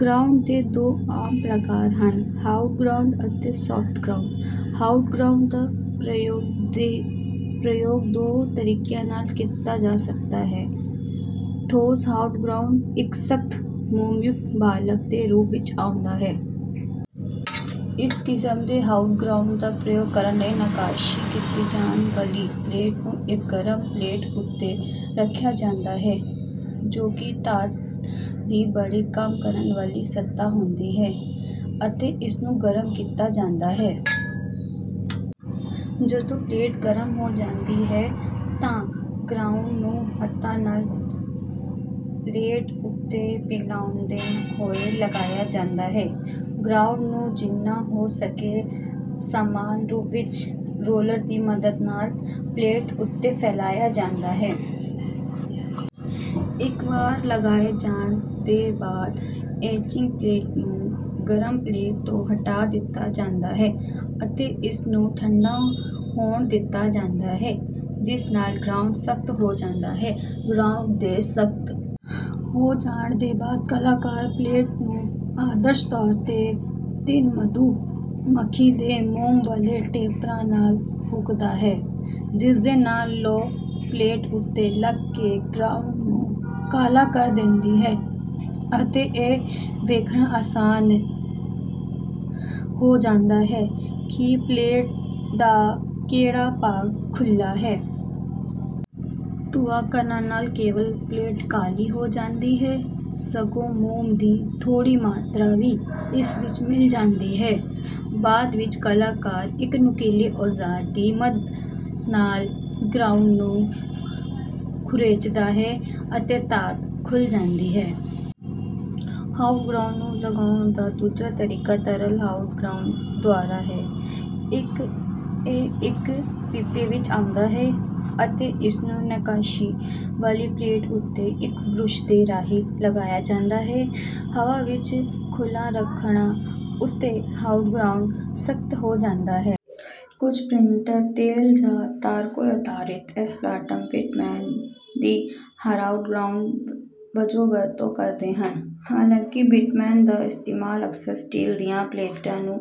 Ground ਦੇ ਦੋ ਆਮ ਪ੍ਰਕਾਰ ਹਨ: ਹਾਰਡ ਗਰਾਉਂਡ ਅਤੇ ਸਾਫਟ ਗਰਾਉਂਡ। ਹਾਰਡ ਗਰਾਉਂਡ ਦਾ ਪ੍ਰਯੋਗ ਦੋ ਤਰੀਕਿਆਂ ਨਾਲ ਕੀਤਾ ਜਾ ਸਕਦਾ ਹੈ। ਠੋਸ ਹਾਰਡ ਗਰਾਉਂਡ ਇੱਕ ਸਖ਼ਤ ਮੋਮਯੁਕਤ ਬਲਾਕ ਦੇ ਰੂਪ ਵਿੱਚ ਆਉਂਦਾ ਹੈ। ਇਸ ਕਿਸਮ ਦੇ ਹਾਰਡ ਗਰਾਉਂਡ ਦਾ ਪ੍ਰਯੋਗ ਕਰਨ ਲਈ ਨੱਕਾਸ਼ੀ ਕੀਤੀ ਜਾਣ ਵਾਲੀ ਪਲੇਟ ਨੂੰ ਇੱਕ ਗਰਮ ਪਲੇਟ ਉੱਤੇ ਰੱਖਿਆ ਜਾਂਦਾ ਹੈ, ਜੋ ਕਿ ਧਾਤ ਦੀ ਬਣੀ ਕੰਮ ਕਰਨ ਵਾਲੀ ਸਤ੍ਹਾ ਹੁੰਦੀ ਹੈ ਅਤੇ ਇਸਨੂੰ ਗਰਮ ਕੀਤਾ ਜਾਂਦਾ ਹੈ। ਜਦੋਂ ਪਲੇਟ ਗਰਮ ਹੋ ਜਾਂਦੀ ਹੈ ਤਾਂ ਗਰਾਉਂਡ ਨੂੰ ਹੱਥਾਂ ਨਾਲ ਪਲੇਟ ਉੱਤੇ ਪਿਘਲਾਉਂਦੇ ਹੋਏ ਲਗਾਇਆ ਜਾਂਦਾ ਹੈ। ਗਰਾਉਂਡ ਨੂੰ ਜਿੰਨਾ ਹੋ ਸਕੇ ਸਮਾਨ ਰੂਪ ਵਿੱਚ ਰੌਲਰ ਦੀ ਮਦਦ ਨਾਲ ਪਲੇਟ ਉੱਤੇ ਫੈਲਾਇਆ ਜਾਂਦਾ ਹੈ। ਇੱਕ ਵਾਰ ਲਗਾਏ ਜਾਣ ਦੇ ਬਾਅਦ ਐਚਿੰਗ ਪਲੇਟ ਨੂੰ ਗਰਮ ਪਲੇਟ ਤੋਂ ਹਟਾ ਦਿੱਤਾ ਜਾਂਦਾ ਹੈ ਅਤੇ ਇਸਨੂੰ ਠੰਢਾ ਹੋਣ ਦਿੱਤਾ ਜਾਂਦਾ ਹੈ, ਜਿਸ ਨਾਲ ਗਰਾਉਂਡ ਸਖ਼ਤ ਹੋ ਜਾਂਦਾ ਹੈ। ਗਰਾਉਂਡ ਦੇ ਸਖ਼ਤ ਹੋ ਜਾਣ ਦੇ ਬਾਅਦ ਕਲਾਕਾਰ ਪਲੇਟ ਨੂੰ ਆਦਰਸ਼ ਤੌਰ 'ਤੇ ਤਿੰਨ ਮਧੂਮੱਖੀ ਦੇ ਮੋਮ ਵਾਲੇ ਟੇਪਰਾਂ ਨਾਲ ਫੂਕਦਾ ਹੈ, ਜਿਸਦੇ ਨਾਲ ਲੌ ਪਲੇਟ ਉੱਤੇ ਲੱਗ ਕੇ ਗਰਾਉਂਡ ਨੂੰ ਕਾਲਾ ਕਰ ਦਿੰਦੀ ਹੈ ਅਤੇ ਇਹ ਵੇਖਣਾ ਆਸਾਨ ਹੋ ਜਾਂਦਾ ਹੈ ਕਿ ਪਲੇਟ ਦਾ ਕਿਹੜਾ ਭਾਗ ਖੁੱਲ੍ਹਾ ਹੈ। ਧੂੰਆਂ ਕਰਨ ਨਾਲ ਨਾ ਕੇਵਲ ਪਲੇਟ ਕਾਲੀ ਹੋ ਜਾਂਦੀ ਹੈ ਸਗੋਂ ਮੋਮ ਦੀ ਥੋੜ੍ਹੀ ਮਾਤਰਾ ਵੀ ਇਸ ਵਿੱਚ ਮਿਲ ਜਾਂਦੀ ਹੈ। ਬਾਅਦ ਵਿੱਚ ਕਲਾਕਾਰ ਇੱਕ ਨੁਕੀਲੇ ਔਜ਼ਾਰ ਦੀ ਮਦ ਨਾਲ ਗਰਾਉਂਡ ਨੂੰ ਖੁਰਚਦਾ ਹੈ ਅਤੇ ਧਾਤ ਖੁੱਲ੍ਹ ਜਾਂਦੀ ਹੈ। ਹਾਰਡ ਗਰਾਉਂਡ ਨੂੰ ਲਗਾਉਣ ਦਾ ਦੂਜਾ ਤਰੀਕਾ ਤਰਲ ਹਾਰਡ ਗਰਾਉਂਡ ਦੁਆਰਾ ਹੈ। ਇਹ ਇੱਕ ਪੀਪੇ ਵਿੱਚ ਆਉਂਦਾ ਹੈ ਅਤੇ ਇਸਨੂੰ ਨੱਕਾਸ਼ੀ ਵਾਲੀ ਪਲੇਟ ਉੱਤੇ ਇੱਕ ਬੁਰਸ਼ ਦੇ ਰਾਹੀਂ ਲਗਾਇਆ ਜਾਂਦਾ ਹੈ। ਹਵਾ ਵਿੱਚ ਖੁੱਲ੍ਹਾ ਰੱਖਣ ਉੱਤੇ ਹਾਰਡ ਗਰਾਉਂਡ ਸਖ਼ਤ ਹੋ ਜਾਂਦਾ ਹੈ। ਕੁਝ ਪ੍ਰਿੰਟਰ ਤੇਲ ਜਾਂ ਤਾਰਕੋਲ ਆਧਾਰਿਤ ਏਸਫਾਲਟਮ ਜਾਂ ਬਿਟੁਮੇਨ ਦੀ ਹਾਰਡ ਗਰਾਉਂਡ ਵਜੋਂ ਵਰਤੋਂ ਕਰਦੇ ਹਨ, ਹਾਲਾਂਕਿ ਬਿਟੁਮੇਨ ਦਾ ਇਸਤੇਮਾਲ ਅਕਸਰ ਸਟੀਲ ਦੀਆਂ ਪਲੇਟਾਂ ਨੂੰ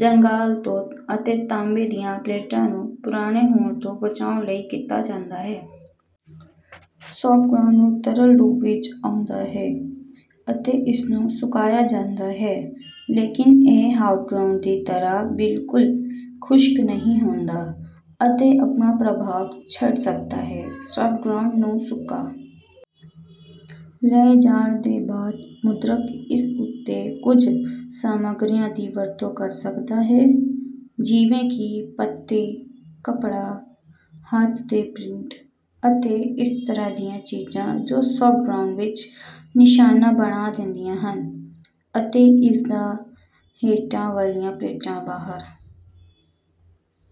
ਜੰਗਾਲ ਤੋਂ ਅਤੇ ਤਾਂਬੇ ਦੀਆਂ ਪਲੇਟਾਂ ਨੂੰ ਪੁਰਾਣਾ ਹੋਣ ਤੋਂ ਬਚਾਉਣ ਲਈ ਕੀਤਾ ਜਾਂਦਾ ਹੈ। ਸਾਫਟ ਗਰਾਉਂਡ ਵੀ ਤਰਲ ਰੂਪ ਵਿੱਚ ਆਉਂਦਾ ਹੈ ਅਤੇ ਇਸਨੂੰ ਸੁਕਾਇਆ ਜਾਂਦਾ ਹੈ, ਲੇਕਿਨ ਇਹ ਹਾਰਡ ਗਰਾਉਂਡ ਦੀ ਤਰ੍ਹਾਂ ਬਿਲਕੁਲ ਖੁਸ਼ਕ ਨਹੀਂ ਹੁੰਦਾ ਅਤੇ ਆਪਣਾ ਪ੍ਰਭਾਵ ਛੱਡ ਸਕਦਾ ਹੈ। ਸਾਫਟ ਗਰਾਉਂਡ ਨੂੰ ਸੁਕਾ ਲਏ ਜਾਣ ਦੇ ਬਾਅਦ ਮੁਦਰਕ ਇਸ ਉੱਤੇ ਕੁਝ ਸਮੱਗਰੀਆਂ ਦੀ ਵਰਤੋਂ ਕਰ ਸਕਦਾ ਹੈ ਜਿਵੇਂ ਕਿ ਪੱਤੇ, ਕੱਪੜਾ, ਹੱਥ ਦੇ ਪ੍ਰਿੰਟ ਅਤੇ ਇਸੇ ਤਰ੍ਹਾਂ ਦੀਆਂ ਚੀਜ਼ਾਂ, ਜੋ ਸਾਫਟ ਗਰਾਉਂਡ ਵਿੱਚ ਨਿਸ਼ਾਨ ਬਣਾ ਦਿੰਦੀਆਂ ਹਨ ਅਤੇ ਇਸਦੇ ਹੇਠਾਂ ਵਾਲੀ ਪਲੇਟ ਬਾਹਰ